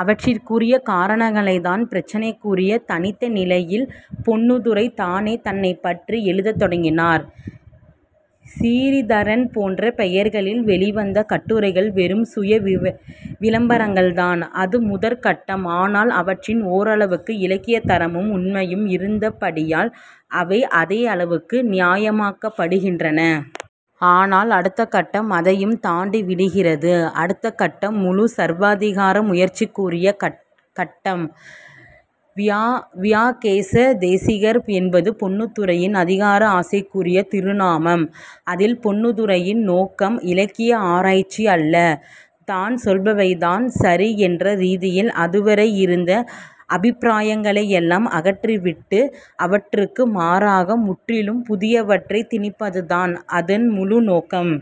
அவற்றுக்குரிய காரணங்களைத்தான். 'பிரச்சினைக்குரிய தனித்த நிலை'யில் பொன்னுத்துரை தானே தன்னைப்பற்றி எழுதத் தொடங்கினார், சிறீதரன் போன்ற பெயர்களில் வெளிவந்த கட்டுரைகள் வெறும் சுய விளம்பரங்கள்தான். அது முதற் கட்டம். ஆனால் அவற்றில் ஓரளவுக்கு இலக்கியத் தரமும் உண்மையும் இருந்தபடியால் அவை அதே அளவுக்கு நியாயமாக்கப் படுகின்றன. ஆனால் அடுத்த கட்டம் அதையும் தாண்டிவிடுகிறது. அடுத்த கட்டம் முழுச் சர்வாதிகார முயற்சிக்குரிய கட்டம். வியாகேச தேசிகர் என்பது பொன்னுத்துரையின் அதிகார ஆசைக்குரிய திருநாமம். அதில் பொன்னுத்துரையின் நோக்கம் இலக்கிய ஆராய்ச்சி அல்ல. தான் சொல்பவைதான் சரி என்ற ரீதியில், அதுவரை இருந்த அபிப்பிராயங்களையெல்லாம் அகற்றிவிட்டு அவற்றுக்கு மாறாக முற்றிலும் புதியவற்றை திணிப்பதுதான் அதன் முழு நோக்கம்.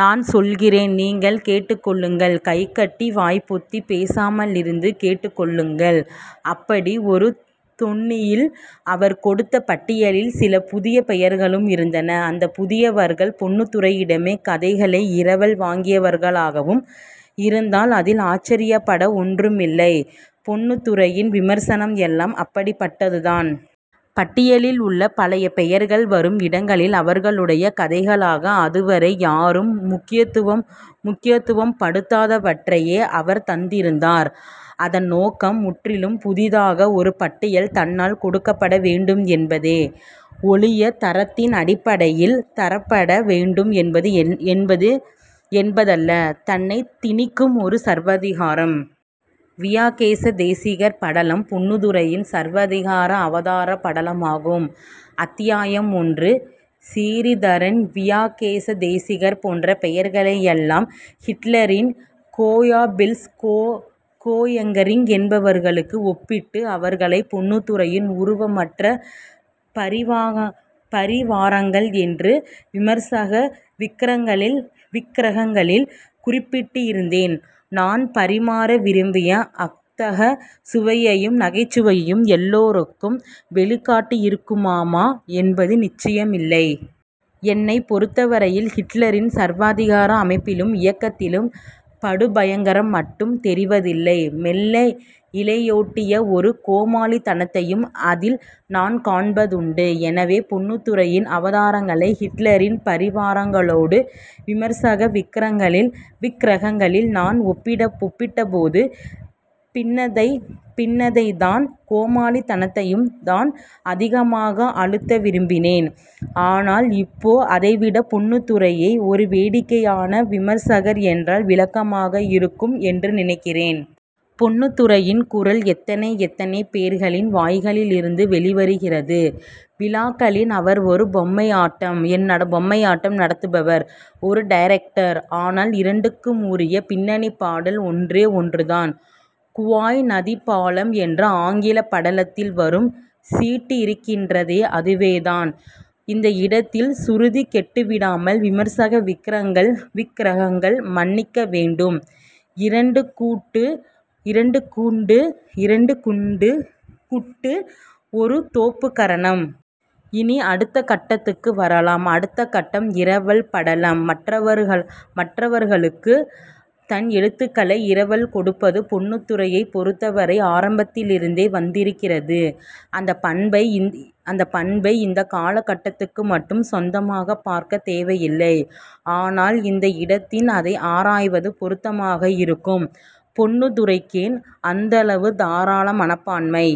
நான் சொல்கிறேன், நீங்கள் கேட்டுக்கொள்ளுங்கள். கை கட்டி வாய் பொத்தி, பேசாமலிருந்து கேட்டுக்கொள்ளுங்கள், அப்படி ஒரு தொனியில். அவர் கொடுத்த பட்டியலில் சில புதிய பெயர்களும் இருந்தன. அந்தப் புதியவர்கள் பொன்னுத்துரையிடமே கதைகளை இரவல் வாங்கியவர்களாகவும் இருந்தால் அதில் ஆச்சரியப்பட ஒன்றுமில்லை. பொன்னுத்துரையின் விமர்சனம் எல்லாம் அப்படிப்பட்டதுதான். பட்டியலில் உள்ள பழைய பெயர்கள் வரும் இடங்களில் அவர்களுடைய கதைகளாக அதுவரை யாரும் முக்கியத்துவப்படுத்தாதவற்றையே அவர் தந்திருந்தார். அதன் நோக்கம் முற்றிலும் புதிதாக ஒரு பட்டியல் தன்னால் கொடுக்கப்பட வேண்டும் என்பதே ஒழிய, தரத்தின் அடிப்படையில் தரப்பட வேண்டும் என்பதல்ல. தன்னைத் திணிக்கும் ஒரு சர்வாதிகாரம். வியாகேசதேசிகர் படலம் பொன்னுத்துரையின் சர்வாதிகார அவதாரப் படலமாகும். அத்தியாயம் ஒன்று. சிறீதரன், வியாகேச தேசிகர் போன்ற பெயர்களை எல்லாம் ஹிட்லரின் கோயபெல்ஸ், கோயரிங் என்பவர்களுக்கு ஒப்பிட்டு அவர்களைப் பொன்னுத்துரையின் உருவமற்ற பரிவாரங்கள் என்று 'விமர்சக விக்கிரகங்களி'ல் குறிப்பிட்டிருந்தேன். நான் பரிமாற விரும்பிய அக்தகச் சுவையையும் நகைச்சுவையையும் எல்லோருக்கம் வெளிக்காட்டியிருக்குமா என்பது நிச்சயமில்லை. என்னைப் பொருத்தவரையில் ஹிட்லரின் சர்வாதிகார அமைப்பிலும் இயக்கத்திலும் படுபயங்கரம் மட்டும் தெரிவதில்லை. மெல்ல இழையோட்டிய ஒரு கோமாளித்தனத்தையும் அதில் நான் காண்பதுண்டு. எனவே, பொன்னுத்துரையின் அவதாரங்களை ஹிட்லரின் பரிவாரங்களோடு 'விமர்சக விக்கிரகங்களி'ல் நான் ஒப்பிட்டபோது பின்னதைத்தான், கோமாளித்தனத்தைத் தான், அதிகமாக அழுத்த விரும்பினேன். ஆனால் இப்போ அதைவிட பொன்னுத்துரையை ஒரு வேடிக்கையான விமர்சகர் என்றால் விளக்கமாக இருக்கும் என்று நினைக்கிறேன். பொன்னுத்துரையின் குரல் எத்தனை எத்தனை பேர்களின் வாய்களிலிருந்து வெளிவருகிறது. விழாக்களில் அவர் ஒரு பொம்மையாட்டம் நடத்துபவர். ஒரு டைரக்டர். ஆனால் இரண்டுக்குமுரிய பின்னணிப் பாடல் ஒன்றே ஒன்றுதான்! 'குவாய் நதிப்பாலம்' என்ற ஆங்கிலப் படத்தில் வரும் சீட்டி இருக்கிறதே அதுவேதான். இந்த இடத்தில் சுருதி கெட்டுவிடாமல், விமர்சக விக்கிரகங்கள் மன்னிக்க வேண்டும், இரண்டு குட்டு, ஒரு தோப்புக்கரணம். இனி, அடுத்த கட்டத்துக்கு வரலாம். அடுத்த கட்டம் இரவல் படலம். மற்றவர்களக்குத் தன் எழுத்துகளை இரவல் கொடுப்பது பொன்னுத்துரையைப் பொறுத்தவரை ஆரம்பத்திலிருந்தே வந்திருக்கிறது. அந்தப் பண்பை இந்தக் காலகட்டத்துக்கு மட்டும் சொந்தமாகப் பார்க்கத் தேவையில்லை. ஆனால் இந்த இடத்தில் அதை ஆராய்வது பொருத்தமாக இருக்கும். பொன்னுத்துரைக்கு அந்தளவு தாராள மனப்பான்மை?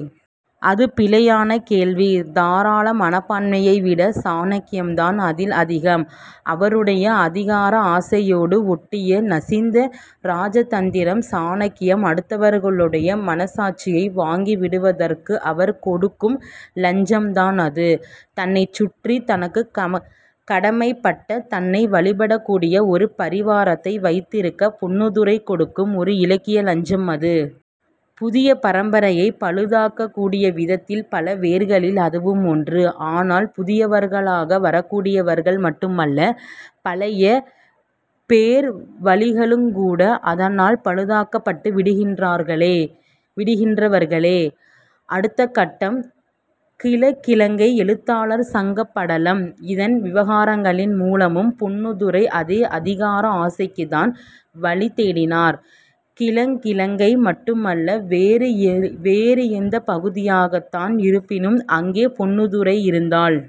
அது பிழையான கேள்வி. தாராள மனப்பான்மையை விட சாணக்கியம்தான் அதில் அதிகம். அவருடைய அதிகார ஆசையோடு ஒட்டிய நசிந்த ராஜதந்திர சாணக்கியம். அடுத்தவர்களுடைய மனசாட்சியை வாங்கிவிடுவதற்கு அவர் கொடுக்கும் லஞ்சம்தான் அது. தன்னைச் சுற்றி, தனக்குக் கடமைப்பட்ட, தன்னை வழிபடக்கூடிய ஒரு பரிவாரத்தை வைத்திருக்க, பொன்னுத்துரை கொடுக்கும் ஒரு இலக்கிய லஞ்சம் அது. புதிய பரம்பரையைப் பழுதாக்கக் கூடிய வித்தின் பல வேர்களில் அதுவும் ஒன்று. ஆனால் புதியவர்களாக வரக்கூடியவர்கள் மட்டுமல்ல பழைய பேர்வழிகளுங்கூட அதனால் பழுதாக்கப்பட்டுவிடுகின்றவர்களே! அடுத்த கட்டம் கிழக்கிலங்கை எழுத்தாளர் சங்கப்படலம். இதன் விவகாரங்களின் மூலமும் பொன்னுத்துரை அதே அதிகார ஆசைக்குத்தான் வழிதேடினார். கிழக்கிலங்கை மட்டுமல்ல, வேறு எந்தப் பகுதியாகத்தான் இருப்பினும் அங்கே பொன்னுத்துரை இருந்தால்